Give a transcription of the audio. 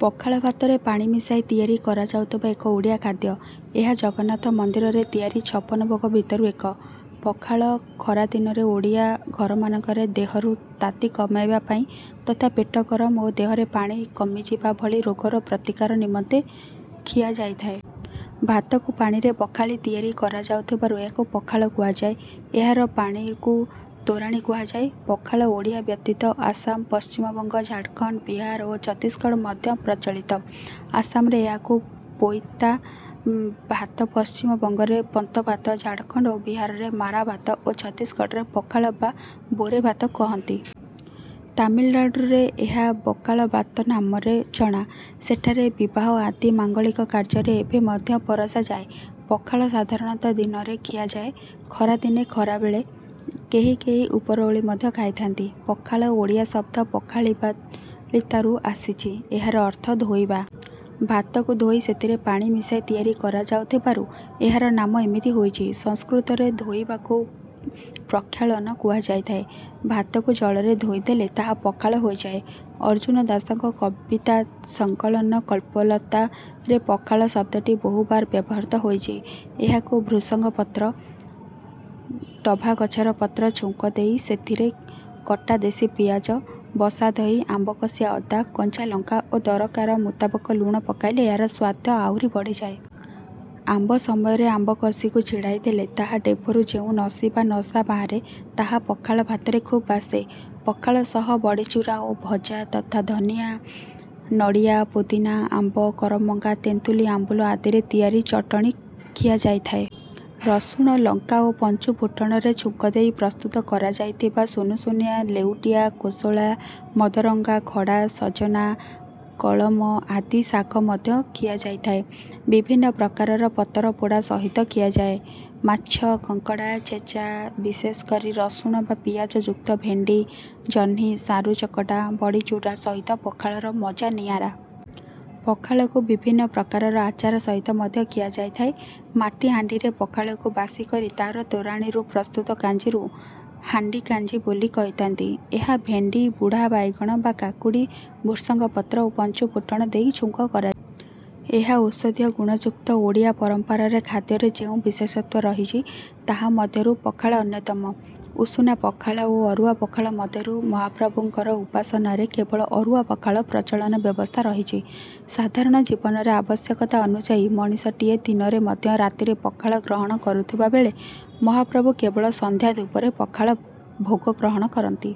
ପଖାଳ ଭାତରେ ପାଣି ମିଶାଇ ତିଆରି କରାଯାଉଥିବା ଏକ ଓଡ଼ିଆ ଖାଦ୍ୟ। ଏହା ଜଗନ୍ନାଥ ମନ୍ଦିରରେ ତିଆରି ଛପନ ଭୋଗ ଭିତରୁ ଏକ। ପଖାଳ ଖରା ଦିନରେ ଓଡ଼ିଆ ଘରମାନଙ୍କରେ ଦେହରୁ ତାତି କମାଇବା ପାଇଁ ତଥା ପେଟ ଗରମ ଓ ଦେହରେ ପାଣି କମିଯିବା ଭଳି ରୋଗର ପ୍ରତିକାର ନିମନ୍ତେ ଖିଆଯାଇଥାଏ। ଭାତକୁ ପାଣିରେ ପଖାଳି ତିଆରି କରାଯାଉଥିବାରୁ ଏହାକୁ ପଖାଳ କୁହାଯାଏ। ଏହାର ପାଣିକୁ ତୋରାଣି କୁହାଯାଏ। ପଖାଳ ଓଡ଼ିଶା ବ୍ୟତୀତ ଆସାମ, ପଶ୍ଚିମ ବଙ୍ଗ, ଝାଡ଼ଖଣ୍ଡ, ବିହାର ଓ ଛତିଶଗଡ଼ ମଧ୍ୟ ପ୍ରଚଳିତ। ଆସାମରେ ଏହାକୁ ପୋଇତା ଭାତ ପଶ୍ଚିମ ବଙ୍ଗରେ ପନ୍ତ ଭାତ, ଝାଡ଼ଖଣ୍ଡ ଓ ବିହାରରେ ମାରା ଭାତ ଓ ଛତିଶଗଡ଼ରେ ପଖାଳ ବା ବୋରେ ଭାତ କହନ୍ତି। ତାମିଲନାଡୁରେ ଏହା ବକାଳ ବାତ ନାମରେ ଜଣା। ସେଠାରେ ବିବାହ ଆଦି ମାଙ୍ଗଳିକ କାର୍ଯ୍ୟରେ ଏବେ ମଧ୍ୟ ପରଷା ଯାଏ। ପଖାଳ ସାଧାରଣତଃ ଦିନରେ ଖିଆଯାଏ। ଖରାଦିନରେ ଖରାବେଳେ, କେହି କେହି ଉପରଓଳି ମଧ୍ୟ ଖାଇଥାଆନ୍ତି। ପଖାଳ ଓଡ଼ିଆ ଶବ୍ଦ ପଖାଳିବା ାଳିତ ରୁ ଆସିଛି ଯାହାର ଅର୍ଥ ଧୋଇବା। ଭାତକୁ ଧୋଇ ସେଥିରେ ପାଣି ମିଶାଇ ତିଆରି କରାଯାଉଥିବାରୁ ଏହାର ନାମ ଏମିତି ହୋଇଅଛି। ସଂସ୍କୃତରେ ଧୋଇବାକୁ ପ୍ରକ୍ଷାଳନ କୁହାଯାଇଥାଏ। ଭାତକୁ ଜଳରେ ଧୋଇଦେଲେ ତାହା ପଖାଳ ହୋଇଯାଏ। ଅର୍ଜୁନ ଦାସଙ୍କ କବିତା ସଙ୍କଳନ କଳ୍ପଲତା ରେ ପଖାଳ ଶବ୍ଦଟି ବହୁବାର ବ୍ୟବହୃତ ହୋଇଛି। ଏହାକୁ ଭୃସଙ୍ଗ ପତ୍ର, ଟଭାଗଛର ପତ୍ର ଛୁଙ୍କ ଦେଇ ସେଥିରେ କଟା ଦେଶୀ ପିଆଜ, ବସାଦହି, ଆମ୍ବକସିଆ ଅଦା, କଞ୍ଚାଲଙ୍କା ଓ ଦରକାର ମୁତାବକ ଲୁଣ ପକାଇଲେ ଏହାର ସ୍ୱାଦ ଆହୁରି ବଢ଼ିଯାଏ। ଆମ୍ବ ସମୟରେ ଆମ୍ବ କଷିକୁ ଛିଡ଼ାଇଦେଲେ ତା' ଡେମ୍ଫରୁ ଯେଉଁ ନସି ବା ନସା ବାହାରେ ତାହା ପଖାଳ ଭାତରେ ଖୁବ୍ ବାସେ। ପଖାଳ ସହ ବଡ଼ିଚୁରା ଓ ଭଜା ତଥା ଧନିଆ, ନଡ଼ିଆ, ପୋଦିନା, ଆମ୍ବ, କରମଙ୍ଗା ତେନ୍ତୁଳି ଆମ୍ବୁଲ ଆଦିରେ ତିଆରି ଚଟଣି ଖିଆଯାଇଥାଏ। ରସୁଣ, ଲଙ୍କା ଓ ପଞ୍ଚୁ ଫୁଟଣରେ ଛୁଙ୍କଦେଇ ପ୍ରସ୍ତୁତ କରାଯାଇଥିବା ସୁନୁସୁନିଆ ଲେଉଟିଆ କୋଶଳା, ମଦରଙ୍ଗା ଖଡ଼ା ସଜନା, କଳମ ଆଦି ଶାଗ ମଧ୍ୟ ଖିଆଯାଇଥାଏ। ବିଭିନ୍ନ ପ୍ରକାରର ପତର ପୋଡ଼ା ସହିତ ଖିଆଯାଏ। ମାଛ, କଙ୍କଡ଼ା ଛେଚା, ବିଶେଷ କରି ରସୁଣ ବା ପିଆଜ ଯୁକ୍ତ ଭେଣ୍ଡି, ଜହ୍ନି, ସାରୁ ଚକଟା, ବଡ଼ିଚୁରା ସହିତ ପଖାଳର ମଜା ନିଆରା। ପଖାଳକୁ ବିଭିନ୍ନ ପ୍ରକାରର ଆଚାର ସହିତ ମଧ୍ୟ ଖିଆ ଯାଇଥାଏ। ମାଟି ହାଣ୍ଡିରେ ପଖାଳକୁ ବାସି କରି ତା'ର ତୋରାଣିରୁ ପ୍ରସ୍ତୁତ କାଞ୍ଜିକୁ ହାଣ୍ଡି କାଞ୍ଜି ବୋଲି କହିଥାନ୍ତି। ଏହା ଭେଣ୍ଡି, ବୁଢା ବାଇଗଣ ବା କାକୁଡ଼ି, ଭୃସଙ୍ଗ ପତ୍ର ଓ ପଞ୍ଚୁ ଫୁଟଣ ଦେଇ ଛୁଙ୍କ କରାଯାଏ। ଏହା ଔଷଧୀୟ ଗୁଣ ଯୁକ୍ତ। ଓଡ଼ିଆ ପରମ୍ପରାରେ ଖାଦ୍ୟର ଯେଉଁ ବିଶେଷତ୍ୱ ରହିଛି ତାହା ମଧ୍ୟରୁ ପଖାଳ ଅନ୍ୟତମ। ଉଷୁନା ପଖାଳ ଓ ଅରୁଆ ପଖାଳ ମଧ୍ୟରୁ ମହାପ୍ରଭୁଙ୍କର ଉପାସନାରେ କେବଳ ଅରୁଆ ପଖାଳ ପ୍ରଚଳନର ବ୍ୟବସ୍ଥା ରହିଛି। ସାଧାରଣ ଜୀବନରେ ଆବଶ୍ୟକତା ଅନୁଯାୟୀ ମଣିଷଟିଏ ଦିନରେ ଏବଂ ରାତିରେ ପଖାଳ ଗ୍ରହଣ କରୁଥବା ବେଳେ ମହାପ୍ରଭୁ କେବଳ ସନ୍ଧ୍ୟାଧୂପରେ ପଖାଳ ଭୋଗ ଗ୍ରହଣ କରନ୍ତି।